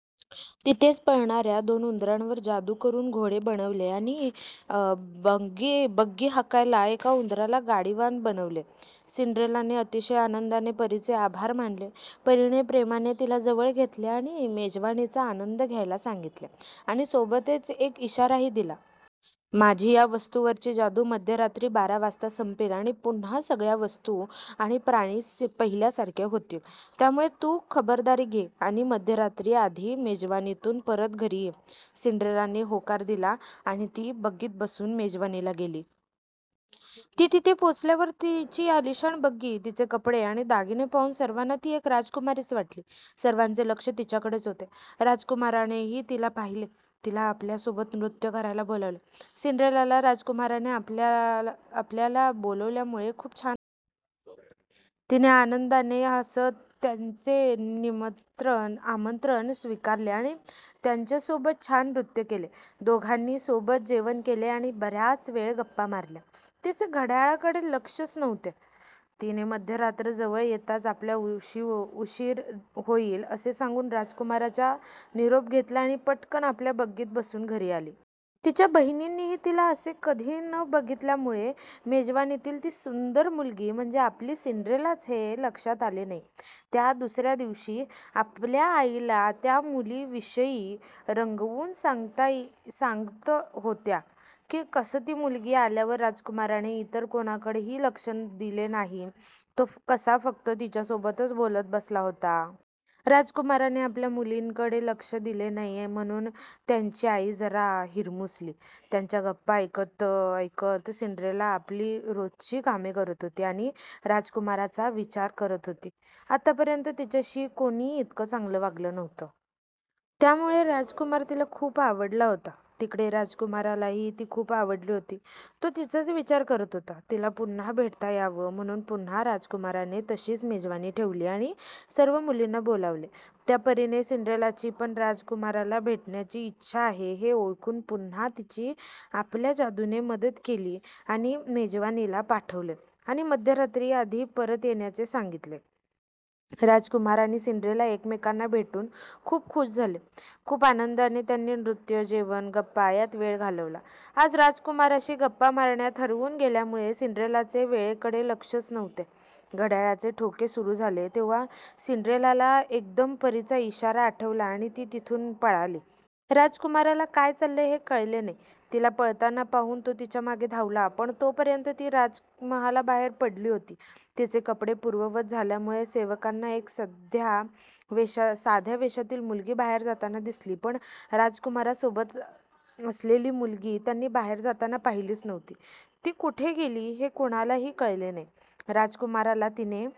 तिथेच पळणाऱ्या दोन उंदरांवर जादु करून घोडे बनवले आणि बग्गी हाकायला एका उंदराला गाडीवान बनवले. सिंड्रेलाने अतिशय आनंदाने परीचे आभार मानले. परीने प्रेमाने तिला जवळ घेतले आणि मेजवानीचा आनंद घ्यायला सांगितले आणि सोबतच एक इशाराही दिला. माझी या वस्तूंवरची जादु मध्यरात्री बारा वाजता संपेल आणि पुन्हा सगळ्या वस्तू आणि प्राणी पहिल्यासारखे होतील. त्यामुळे तु खबरदारी घे आणि मध्यरात्री आधी मेजवानीतून परत घरी ये. सिंड्रेलाने होकार दिला आणि ती बग्गीत बसुन मेजवानीला गेली. ती तिथे पोहोचल्यावर तिची आलिशान बग्गी, तिचे कपडे आणि दागिने पाहुन सर्वांना ती एक राजकुमारीच वाटली. सर्वांचे लक्ष तिच्याकडेच होते. राजकुमारानेही तिला पाहिले. तिला आपल्यासोबत नृत्य करायला बोलावले. सिंड्रेलाला राजकुमाराने आपल्याला बोलावल्यामुळे खुप छान वाटले. तिने आनंदाने हसत त्याचे आमंत्रण स्वीकारले आणि त्याच्यासोबत छान नृत्य केले. दोघांनी सोबत जेवण केले आणि बऱ्याच वेळ गप्पा मारल्या. तिचे घड्याळाकडे लक्ष होतेच. तिने मध्यरात्र जवळ येताच आपल्याला उशीर होईल असे सांगून राजकुमाराच्या निरोप घेतला आणि पटकन आपल्या बग्गीत बसून घरी आली. तिच्या बहिणींनीही तिला असे कधी न बघितल्यामुळे मेजवानीतली ती सुंदर मुलगी म्हणजे आपली सिंड्रेलाच हे लक्षात आले नाही. त्या दुसऱ्या दिवशी आपल्या आईला त्या मुलीविषयी रंगवुन सांगत होत्या, कि कसं ती मुलगी आल्यावर राजकुमाराने इतर कोणाकडेही लक्ष दिले नाही, तो कसा फक्त तिच्यासोबतच बोलत बसला होता. राजकुमाराने आपल्या मुलींकडे लक्ष दिले नाही म्हणून त्यांची आई जरा हिरमुसली. त्यांच्या गप्पा ऐकत ऐकत सिंड्रेला आपली रोजची कामे करत होती आणि राजकुमाराचा विचार करत होती. आतापर्यंत तिच्याशी कोणी इतकं चांगलं वागलं नव्हतं. त्यामुळे राजकुमार तिला खुप आवडला होता. तिकडे राजकुमारालाही ती खुप आवडली होती. तो तिचाच विचार करत होता. तिला पुन्हा भेटता यावं म्हणुन पुन्हा राजकुमाराने तशीच मेजवानी ठेवली आणि सर्व मुलींना बोलावले. त्या परीने सिंड्रेलाची पण राजकुमाराला भेटण्याची इच्छा आहे हे ओळखुन पुन्हा तिची आपल्या जादूने मदत केली आणि मेजवानीला पाठवले, आणि मध्यरात्री आधी परत येण्याचे सांगितले. राजकुमार आणि सिंड्रेला एकमेकांना भेटुन खुप खुश झाले. खूप आनंदाने त्यांनी नृत्य, जेवण, गप्पा यात वेळ घालवला. आज राजकुमाराशी गप्पा मारण्यात हरवुन गेल्यामुळे सिंड्रेलाचे वेळेकडे लक्षच नव्हते. घड्याळाचे ठोके सुरु झाले तेव्हा सिंड्रेलाला एकदम परीचा इशारा आठवला आणि ती तिथुन पळाली. राजकुमाराला काय चाललंय हे कळले नाही. तिला पळताना पाहून तो तिच्यामागे धावला. पण तोपर्यंत ती राजमहालाबाहेर पडली होती. तिचे कपडे पूर्ववत झाल्यामुळे सेवकांना एक सध्या वेशातली मुलगी बाहेर जाताना दिसली, पण राजकुमारासोबत असलेली मुलगी त्यांनी बाहेर जाताना पाहिलीच नव्हती. ती कुठे गेली हे कोणालाही कळले नाही. राजकुमाराला तिने